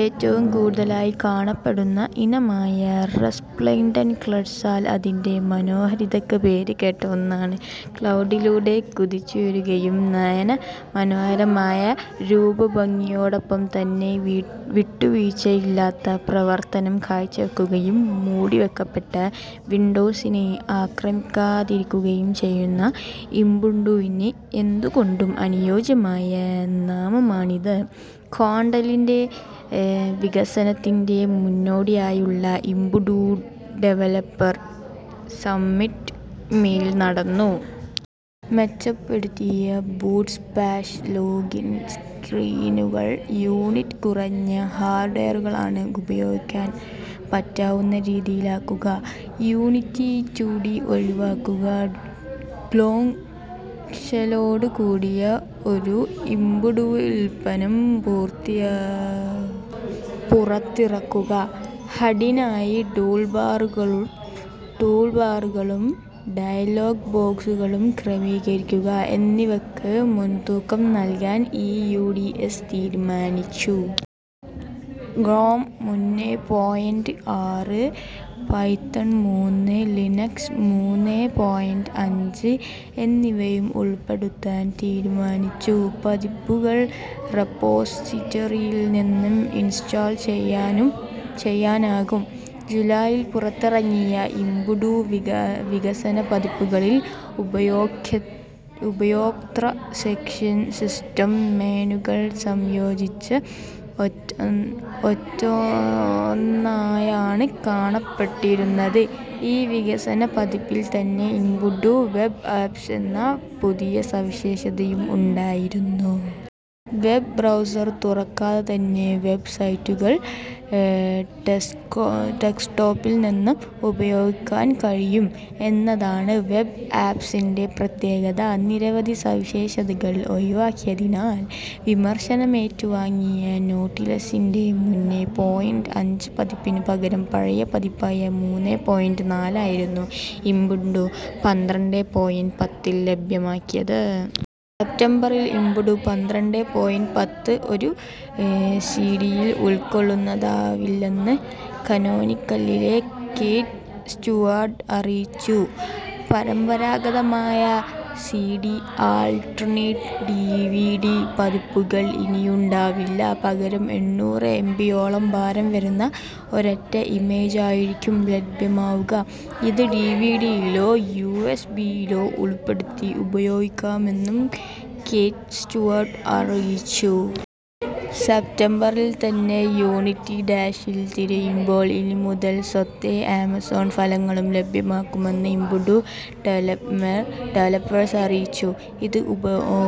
ഏറ്റവും കൂടുതലായി കാണപ്പെടുന്ന ഇനമായ റെസ്പ്ലെൻഡൻ്റ് ക്വട്സാൽ അതിൻ്റെ മനോഹാരിതക്ക് പേര് കേട്ട ഒന്നാണ്. ക്ലൗഡിലൂടെ കുതിച്ചുയരുകയും നയന മനോഹരമായ രൂപഭംഗിയോടൊപ്പം തന്നെ വിട്ടുവീഴ്ചയില്ലാത്ത പ്രവർത്തനം കാഴ്ചവെക്കുകയും മൂടിവെക്കപ്പെട്ട വിൻഡോസിനെ ആക്രമിക്കാതിരിക്കുകയും ചെയ്യുന്ന ഇബുണ്ടുവിന് എന്തുകൊണ്ടും അനുയോജ്യമായ നാമമാണിത്. ക്വാണ്ടലിൻ്റെ വികസനത്തിൻ്റെ മുന്നോടിയായുള്ള ഇബുണ്ടു ഡെവലപ്പർ സമ്മിറ്റ് മെയിൽ നടന്നു. മെച്ചപ്പെടുത്തിയ ബൂട്ട് സ്പ്ലാഷ് ലോഗിൻ സ്ക്രീനുകൾ, യൂണിറ്റ് കുറഞ്ഞ ഹാർഡ്വെയറുകളാൽ ഉപയോഗിക്കാൻ പറ്റാവുന്ന രീതിയിലാക്കുക, യൂണിറ്റി റ്റുഡി ഒഴിവാക്കുക, ഗ്നോം ഷെല്ലോടു കൂടിയ ഒരു ഇമ്പുടുവുൽപന്നം പുറത്തിറക്കുക, ഹഡിനായി ടൂൾബാറുകളും ഡയലോഗ് ബോക്സുകളും ക്രമീകരിക്കുക എന്നിവക്ക് മുൻതൂക്കം നൽകാൻ ഈ യു. ഡി. എസ് തീരുമാനിച്ചു. ഗോ മൂന്നേ പോയിൻ്റ് ആറ്, പൈത്തൺ മൂന്ന്, ലിനക്സ് മൂന്നേ പോയിൻ്റ് അഞ്ച് എന്നിവയും ഉൾപ്പെടുത്താൻ തീരുമാനിച്ചു. പതിപ്പുകൾ റെപ്പോസിറ്ററിയിൽ നിന്ന് ഇൻസ്റ്റാൾ ചെയ്യാനാകും. ജൂലൈയിൽ പുറത്തിറങ്ങിയ ഇമ്പുടു വികസന പതിപ്പുകളിൽ ഉപയോക്തൃ സെഷൻ സിസ്റ്റം മെനുകൾ സംയോജിച്ച് ഒറ്റൊന്നായാണ് കാണപ്പെട്ടിരുന്നത്. ഈ വികസന പതിപ്പിൽ തന്നെ ഇമ്പുടു വെബ് ആപ്സ് എന്ന പുതിയ സവിശേഷതയും ഉണ്ടായിരുന്നു. വെബ് ബ്രൗസർ തുറക്കാതെത്തന്നെ വെബ് സൈറ്റുകൾ ഡെസ്ക്ടോപ്പിൽ നിന്ന് ഉപയോഗിക്കാൻ കഴിയും എന്നതാണ് വെബ് ആപ്സിൻ്റെ പ്രത്യേകത. നിരവധി സവിശേഷതകൾ ഒഴിവാക്കിയതിനാൽ വിമർശനമേറ്റു വാങ്ങിയ നോട്ടിലസിൻ്റെ മൂന്നേ പോയിൻ്റ് അഞ്ച് പതിപ്പിനു പകരം പഴയ പതിപ്പായ മൂന്നേ പോയിൻ്റ് നാല് ആയിരുന്നു ഇമ്പുടു പന്ത്രണ്ടേ പോയിൻ്റ് പത്തിൽ ലഭ്യമാക്കിയത്. സെപ്റ്റംബറിൽ ഇമ്പുടു പന്ത്രണ്ടേ പോയിൻ്റ് പത്ത് ഒരു സിഡിയിൽ ഉൾക്കൊള്ളുന്നതാവില്ലെന്ന് കാനോനിക്കലിലെ കേറ്റ് സ്റ്റുവാർട്ട് അറിയിച്ചു. പരമ്പരാഗതമായ സിഡി, അൾട്ടർനേറ്റ്, ഡിവിഡി പതിപ്പുകൾ ഇനിയുണ്ടാവില്ല. പകരം എണ്ണൂറ് എംബിയോളം ഭാരം വരുന്ന ഒരൊറ്റ ഇമേജായിരിക്കും ലഭ്യമാവുക. ഇത് ഡിവിഡിയിലോ യുഎസ്ബിയിലോ ഉൾപ്പെടുത്തി ഉപയോഗിക്കാമെന്നും കേറ്റ് സ്റ്റുവാർട്ട് അറിയിച്ചു. സെപ്റ്റംബറിൽ തന്നെ യൂണിറ്റി ഡാഷിൽ തിരയുമ്പോൾ ഇനി മുതൽ സ്വതേ ആമസോൺ ഫലങ്ങളും ലഭ്യമാകുമെന്ന് ഇമ്പുണ്ടു ഡെവലപ്പേഴ്സ് അറിയിച്ചു. ഇത്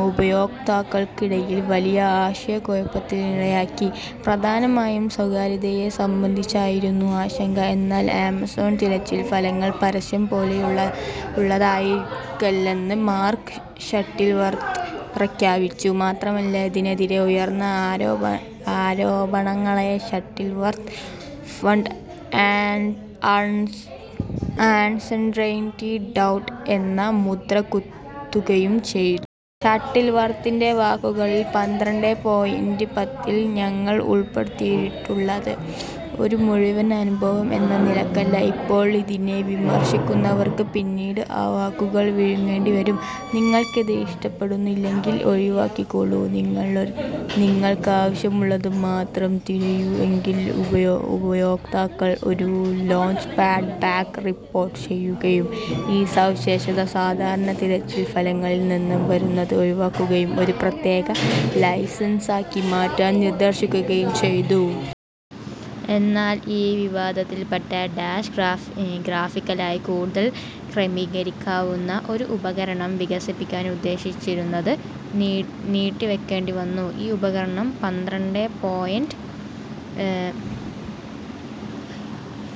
ഉപയോക്താക്കൾക്കിടയിൽ വലിയ ആശയക്കുഴപ്പത്തിനിടയാക്കി. പ്രധാനമായും സ്വകാര്യതയെ സംബന്ധിച്ചായിരുന്നു ആശങ്ക. എന്നാൽ ആമസോൺ തിരച്ചിൽ ഫലങ്ങൾ പരസ്യം പോലെയുള്ളതായിരിക്കല്ലെന്ന് മാർക്ക് ഷട്ടിൽവർത്ത് പ്രഖ്യാപിച്ചു. മാത്രമല്ല, ഇതിനെതിരെ ഉയർന്ന ആരോപണങ്ങളെ ഷട്ടിൽവർത്ത് ഫഡ്, അൺസേർടൈൻ്റി, ഡൗട്ട് എന്ന് മുദ്ര കുത്തുകയും ചെയ്തു. ഷട്ടിൽവർത്തിൻ്റെ വാക്കുകളിൽ "പന്ത്രണ്ടേ പോയിൻ്റ് പത്തിൽ ഞങ്ങൾ ഉൾപ്പെടുത്തിയിട്ടുള്ളത് ഒരു മുഴുവൻ അനുഭവം എന്ന നിലക്കല്ല, ഇപ്പോൾ ഇതിനെ വിമർശിക്കുന്നവർക്ക് പിന്നീട് ആ വാക്കുകൾ വിഴുങ്ങേണ്ടി വരും. നിങ്ങൾക്കിത് ഇഷ്ടപ്പെടുന്നില്ലെങ്കിൽ ഒഴിവാക്കിക്കോളൂ, നിങ്ങൾക്കാവശ്യമുള്ളത് മാത്രം തിരയൂ." എങ്കിലും ഉപയോക്താക്കൾ ഒരു ലോഞ്ച്പാഡ് ബഗ് റിപ്പോട്ട് ചെയ്യുകയും, ഈ സവിശേഷത സാധാരണ തിരച്ചിൽ ഫലങ്ങളിൽ നിന്ന് വരുന്നത് ഒഴിവാക്കുകയും ഒരു പ്രത്യേക ലെൻസാക്കി മാറ്റാൻ നിർദ്ദേശിക്കുകയും ചെയ്തു. എന്നാൽ ഈ വിവാദത്തിൽപ്പെട്ട് ഡാഷ് ഗ്രാഫിക്കലായി കൂടുതൽ ക്രമീകരിക്കാവുന്ന ഒരു ഉപകരണം വികസിപ്പിക്കാൻ ഉദ്ദേശിച്ചിരുന്നത് നീട്ടിവെക്കേണ്ടി വന്നു. ഈ ഉപകരണം പന്ത്രണ്ടേ പോയിൻ്റ്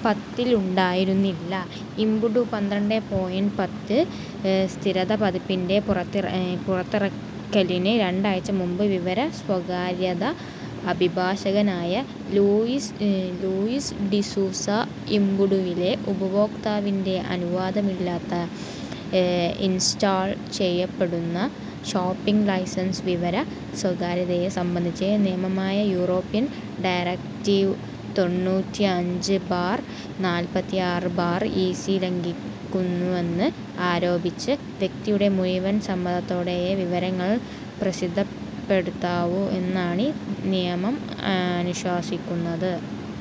പത്തിൽ ഉണ്ടായിരുന്നില്ല. ഉബുണ്ടു പന്ത്രണ്ടേ പോയിൻ്റ് പത്ത് സ്ഥിരതാ പതിപ്പിൻ്റെ പുറത്തിറക്കലിന് രണ്ടാഴ്ച മുമ്പ്, വിവര സ്വകാര്യതാ അഭിഭാഷകനായ ലൂയിസ് ഡിസൂസ ഉബുണ്ടുവിലെ ഉപയോക്താവിൻ്റെ അനുവാദമില്ലാതെ ഇൻസ്റ്റാൾ ചെയ്യപ്പെടുന്ന ഷോപ്പിംഗ് ലെൻസ് വിവര സ്വകാര്യതയെ സംബന്ധിച്ച നിയമമായ യൂറോപ്യൻ ഡയറക്റ്റീവ് തൊണ്ണൂറ്റിഅഞ്ച് ബാർ നാല്പത്തിആറ് ബാർ ഈസി ലംഘിക്കുന്നുവെന്ന് ആരോപിച്ചു. വ്യക്തിയുടെ മുഴുവൻ സമ്മതത്തോടെയേ വിവരങ്ങൾ പ്രസിദ്ധപ്പെടുത്താവൂ എന്നാണീ നിയമം അനുശാസിക്കുന്നത്.